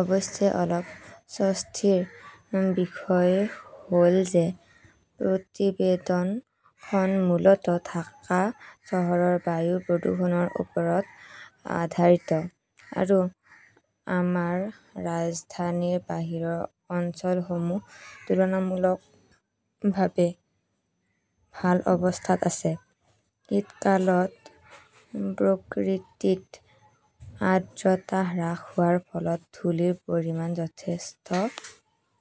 অৱশ্যে, অলপ স্বস্তিৰ বিষয় হ'ল যে, প্ৰতিবেদনখন মূলত ঢাকা চহৰৰ বায়ু প্ৰদূষণৰ ওপৰত আধাৰিত। আৰু আমাৰ ৰাজধানীৰ বাহিৰৰ অঞ্চলসমূহ তুলনামূলকভাৱে ভাল অৱস্থাত আছে। শীতকালত প্ৰকৃতিত আৰ্দ্ৰতা হ্ৰাস হোৱাৰ ফলত ধূলিৰ পৰিমাণ যথেষ্ট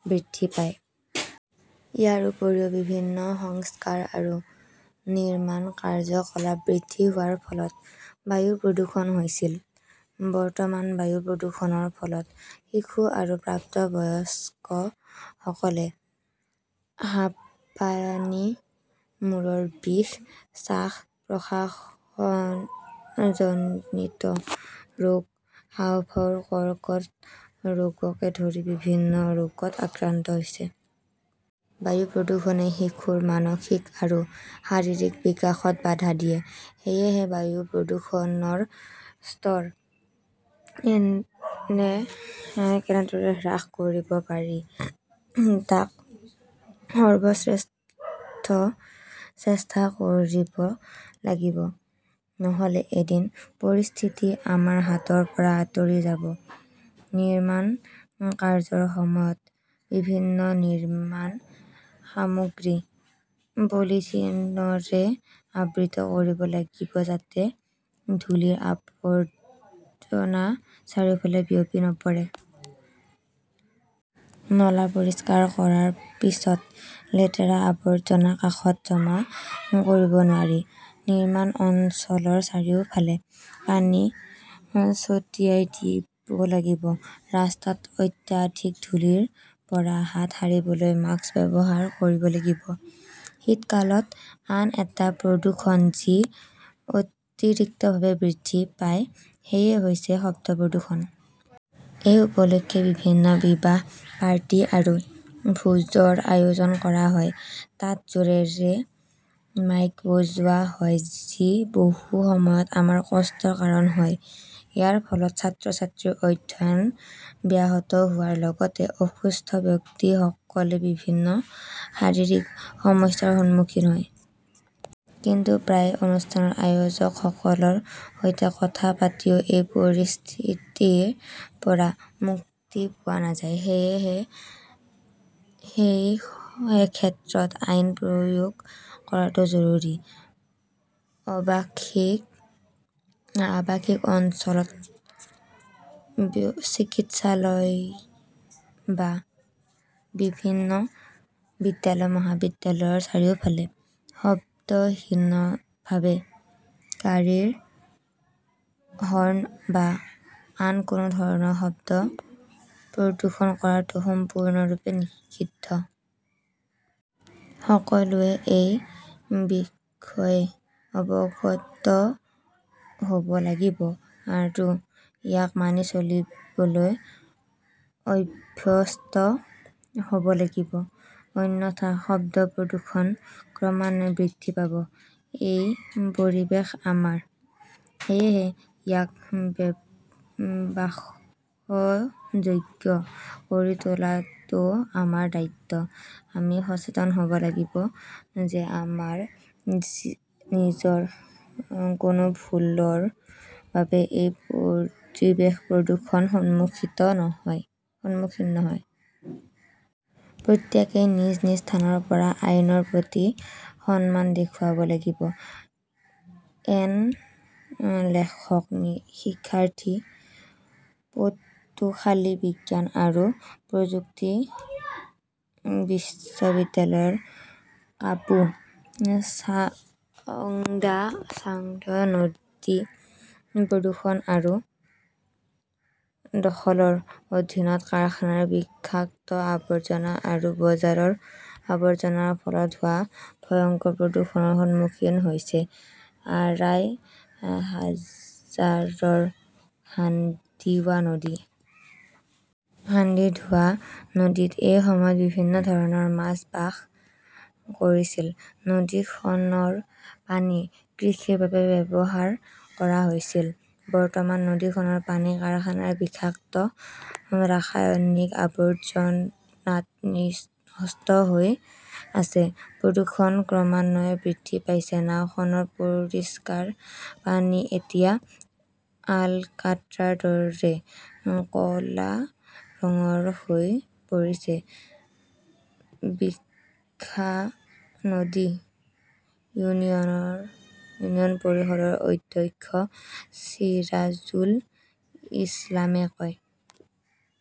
বৃদ্ধি পায়। ইয়াৰ উপৰিও, বিভিন্ন সংস্কাৰ আৰু নিৰ্মাণ কাৰ্যকলাপ বৃদ্ধি হোৱাৰ ফলত বায়ু প্ৰদূষণ হৈছিল। বৰ্তমান বায়ু প্ৰদূষণৰ ফলত শিশু আৰু প্ৰাপ্তবয়স্কসকলে হাঁপানি, মূৰৰ বিষ, শ্বাস-প্ৰশ্বাসজনিত ৰোগ, হাঁওফাঁওৰ কৰ্কট ৰোগকে ধৰি বিভিন্ন ৰোগত আক্ৰান্ত হৈছে। বায়ু প্ৰদূষণে শিশুৰ মানসিক আৰু শাৰীৰিক বিকাশত বাধা দিয়ে। সেয়েহে বায়ু প্ৰদূষণৰ স্তৰ কেনেদৰে হ্ৰাস কৰিব পাৰি তাৰ সৰ্বশ্ৰেষ্ঠ চেষ্টা কৰিব লাগিব, নহ'লে এদিন পৰিস্থিতি আমাৰ হাতৰ পৰা আঁতৰি যাব। নিৰ্মাণ কাৰ্যৰ সময়ত বিভিন্ন নিৰ্মাণ সামগ্ৰী পলিথিনৰে আবৃত কৰিব লাগিব যাতে ধূলিৰ আৱৰ্জনা চাৰিওফালে বিয়পি নপৰে। নলা পৰিষ্কাৰ কৰাৰ পিছত লেতেৰা আৱৰ্জনা কাষত জমা কৰিব নোৱাৰি। নিৰ্মাণ অঞ্চলৰ চাৰিওফালে পানী ছটিয়াই দিব লাগিব। ৰাস্তাত অত্যাধিক ধূলিৰ পৰা হাত সাৰিবলৈ মাস্ক ব্যৱহাৰ কৰিব লাগিব। শীতকালত আন এটা প্ৰদূষণ যি অতিৰিক্তভাৱে বৃদ্ধি পায় সেয়া হৈছে- শব্দ প্ৰদূষণ। এই উপলক্ষে বিভিন্ন বিবাহ, পাৰ্টি আৰু ভোজৰ আয়োজন কৰা হয়। তাত জোৰেৰে মাইক বজোৱা হয় যি বহু সময়ত আমাৰ কষ্টৰ কাৰণ হয়। ইয়াৰ ফলত ছাত্ৰ-ছাত্ৰীৰ অধ্যয়ন ব্যাহত হোৱাৰ লগতে অসুস্থ ব্যক্তিসকলে বিভিন্ন শাৰীৰিক সমস্যাৰ সন্মুখীন হয়। কিন্তু প্ৰায়ে অনুষ্ঠানৰ আয়োজকসকলৰ সৈতে কথা পাতিও এই পৰিস্থিতিৰ পৰা মুক্তি পোৱা নাযায়। সেয়েহে এই ক্ষেত্ৰত আইন প্ৰয়োগ কৰাটো জৰুৰী। আৱাসিক অঞ্চলত, চিকিৎসালয় বা বিভিন্ন বিদ্যালয়-মহাবিদ্যালয়ৰ চাৰিওফালে শব্দহীনভাৱে গাড়ীৰ হৰ্ণ বা আন কোনো ধৰণে শব্দ প্ৰদূষণ কৰাটো সম্পূৰ্ণৰূপে নিষিদ্ধ। সকলোৱে এই বিষয়ে অৱগত হ'ব লাগিব আৰু ইয়াক মানি চলিবলৈ অভ্যস্ত হ'ব লাগিব। অন্যথা, শব্দ প্ৰদূষণ ক্ৰমান্বয়ে বৃদ্ধি পাব। এই পৰিৱেশ আমাৰ। সেয়েহে ইয়াক বাসযোগ্য কৰি তোলাটোও আমাৰ দায়িত্ব। আমি সচেতন হ 'ব লাগিব যে আমাৰ নিজৰ কোনো ভুলৰ বাবে এই পৰিৱেশ প্ৰদূষণৰ সন্মুখীন নহয়। প্ৰত্যেকেই নিজ নিজ স্থানৰ পৰা আইনৰ প্ৰতি সন্মান দেখুৱাব লাগিব। এন লেখক শিক্ষাৰ্থী, পটুখালি বিজ্ঞান আৰু প্ৰযুক্তি বিশ্ববিদ্যালয়। কাবু ছাংগু নদী প্ৰদূষণ আৰু দখলৰ অধীনত কাৰখানাৰ বিষাক্ত আৱৰ্জনা আৰু বজাৰৰ আৱৰ্জনাৰ ফলত হোৱা ভয়ংকৰ প্ৰদূষণৰ সন্মুখীন হৈছে আৰাই হাজাৰৰ হাণ্ডিৱা নদী। হাণ্ডিধোৱা নদীত এসময়ত বিভিন্ন ধৰণৰ মাছ বাস কৰিছিল। নদীখনৰ পানী কৃষিৰ বাবে ব্যৱহাৰ কৰা হৈছিল। বৰ্তমান, নদীখনৰ পানী কাৰখানাৰ বিষাক্ত ৰাসায়নিক আৱৰ্জনাত নষ্ট হৈ আছে। প্ৰদূষণ ক্ৰমান্বয়ে বৃদ্ধি পাইছে। নাওখনৰ পৰিষ্কাৰ পানী এতিয়া আলকাট্ৰাৰ দৰে ক 'লা ৰঙৰ হৈ পৰিছে। বিশানন্দী ইউনিয়ন পৰিষদৰ অধ্যক্ষ চিৰাজুল ইছলামে কয়।